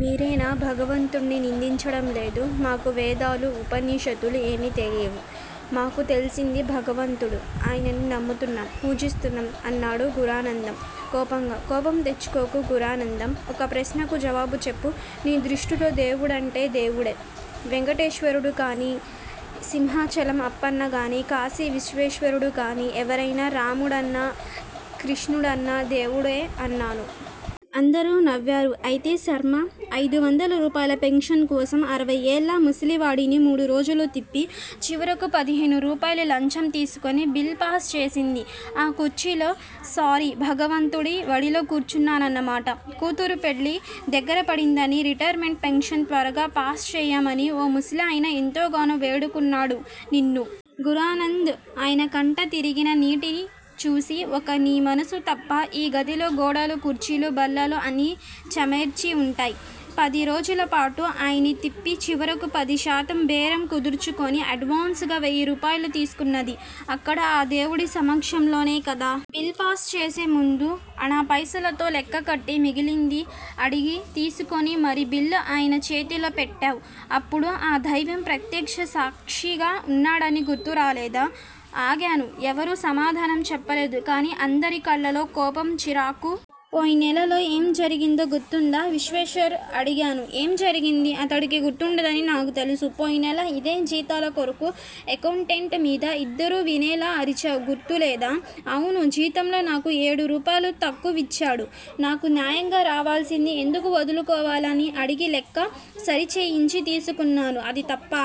మీరనే భగవంతుడినీ నిందించడం లేదు. మాకు వేదాలు, ఉపనిషత్తులు ఏమీ తెలియవు. మాకు తెలిసింది భగవంతుడు. ఆయన్ని నమ్ముతున్నాం, పూజిస్తున్నాం అన్నాడు గురనన్ధం కోపంగా. కోపం తెచ్చుకోకు గురనాన్ధం. ఒక్క ప్రశ్నకు జవాబు చెప్పు. నీ దృష్టిలో దేవుడంటే దేవుడే. వేంకటేశ్వరుడు గానీ, సింహాచలం అప్పన్న గానీ, కాశీ విశ్వేశ్వరుడు గానీ ఎవరయినా రాముడన్నా, కృష్ణుడన్నా దేవుడే అన్నాను. అందరూ నవ్వారు. అయితే శర్మా! అయిదు వందల రూపాయల పెన్షన్ కోసం అరవయ్యేళ్ళ ముసలావిడని మూడు రోజులు తిప్పి, చివరకు పదిహేను రూపాయల లంచం తీసుకుని బిల్ పాస్ చేసింది ఆ కుర్చీలో సారీ భగవంతుడి వడిలో కూర్చునేనన్నమాట. కూతురి పెళ్ళి దగ్గరపడిందని రిటైర్ మెంట్ పెన్షన్ త్వరగా పాస్ చేయించమని ఓ ముసలాయన ఎంతగానో వేడుకున్నాడు నిన్ను. గురనాన్ధం! ఆయన కంట తిరిగిన నీటిని చూసి ఒక్క నీ మనసు తప్ప ఈ గదిలో గోడలు, కుర్చీలు, బల్లలూ అన్నీ చెమర్చే వుంటాయి. పది రోజులపాటు ఆయన్ని తిప్పి చివరకు పది శాతం బేరం కుదుర్చుకుని అడ్వాన్స్ గా వెయ్యిరూపాయలు తీసుకున్నది అక్కడ ఆ దేవుడి సమక్షంలోనే కదా! బిల్ పాస్ చేసే ముందు అణా పైసలతో లెక్క కట్టి మిగిలింది అడిగి తీసుకుని మరీ బిల్లు ఆయన చేతిలో పెట్టావు. అప్పుడు ఆ దైవం ప్రత్యక్ష సాక్షిగా ఉన్నాడని గుర్తు రాలేదా? ఆగాను. ఎవరూ సమాధానం చెప్పలేదు కానీ అందరి కళ్ళలో కోపం చిరాకు. పోయిన్నెలలో ఏం జరిగిందో గుర్తుందా విశ్వేశ్వర్? అడిగాను. ఏం జరిగింది? అతడికి గుర్తుండదని నాకు తెలుసు. పోయిన్నెల ఇదే జీతాల రోజు అక్కౌంటెంట్ మీద అందరూ వినేలా అరిచావు గుర్తు లేదూ? అవును జీతంలో నాకు ఏడు రూపాయలు తక్కువిచ్చాడు. నాకు న్యాయంగా రావలసింది ఎందుకు వదులుకోవాలని అడిగి లెక్క సరిచేయించి తీసుకున్నాను అది తప్పా?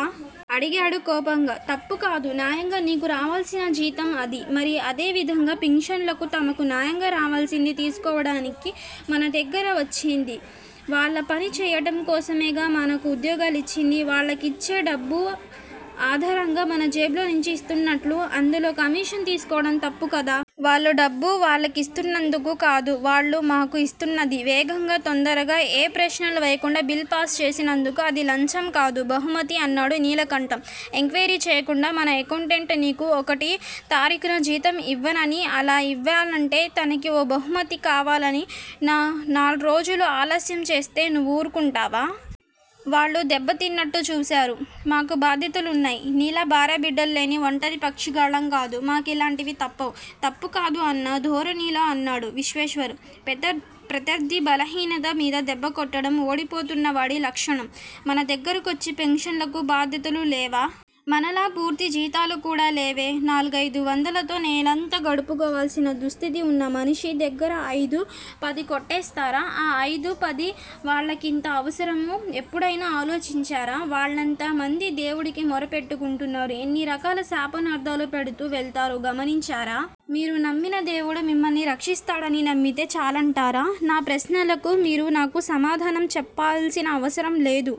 అడిగాడు కోపంగా. తప్పుకాదు. న్యాయంగా నీకు రావలసిన జీతం అది. మరి అదే విధంగా పెన్షనర్లు తమకు న్యాయంగా రావలసింది తీసుకోవడానికేగా మన దగ్గరకు వచ్చేది? వాళ్ళ పని చేయటం కోసమేగా మనకు ఉద్యోగాలిచ్చింది? వాళ్ళకిచ్చే డబ్బు ఆదారంగా మన జేబుల్లోంచి ఇస్తున్నట్లు అందులో కమీషన్ తీసుకోవడం తప్పు కాదా? వాళ్ళ డబ్బు వాళ్ళకిస్తున్నందుకు కాదు వాళ్ళు మాకు యిస్తున్నది. వేగంగా, తొందరగా, ఏ ప్రశ్నలూ వేయకుండా బిల్ పాస్ చేస్తున్నందుకు. అది 'లంచం' కాదు. 'బహుమతి' అన్నాడు నీలకంఠం. ఎంక్వయిరీ చేయకుండా మన అకౌంటెంట్ నీకు ఒకటో తారీఖున జీతం యివ్వననీ, అలా ఇవ్వాలంటే తనకీ ఓ 'బహుమతి' కావాలనీ ఓ నా నాల్రోజులు ఆలస్యం చేస్తే నువ్వు వూరుకుంటావా? వాళ్ళు దెబ్బతిన్నట్టు చూశారు. మాకు బాధ్యతలున్నాయి. నీలా భార్యాబిడ్డలు లేని ఒంటరి పక్షిగాళ్ళం కాదు. మా కిలాంటివి తప్పవు. తప్పు కాదు అన్న ధోరణిలో అన్నాడు విశ్వేశ్వర్. ప్రత ప్రత్యర్ధి బలహీనత మీద దెబ్బ కొట్టడం ఓడిపోతున్న వాడి లక్షణము. మన దగ్గరకొచ్చే పెన్షనర్లకు బాధ్యతలు లేవా? మనలా పూర్తి జీతాలు కూడా లేవే. నాలుగయిదు వందలతో నేలంతా గడుపుకోవాల్సిన దుస్థితిలో వున్న మనిషి దగ్గర అయిదూ, పదీ కొట్టేస్తారే. ఆ అయిదూ, పదే వాళ్ళకెంత అవసరమో ఎప్పుడైనా ఆలోచించారా? వాళ్ళెంత మంది దేవుడికి మొర పెట్టుకుంటారో ఎన్ని రకాల శాపనార్ధాలు పెడుతూ వెళతారో గమనించారా? మీరు నమ్మిన దేవుడు మిమ్మల్ని రక్షిస్తాడని నమ్మితే చాలంటారా? నా ప్రశ్నలకు మీరు నాకు సమాధానం చెప్పాల్సినవసరం లేదు.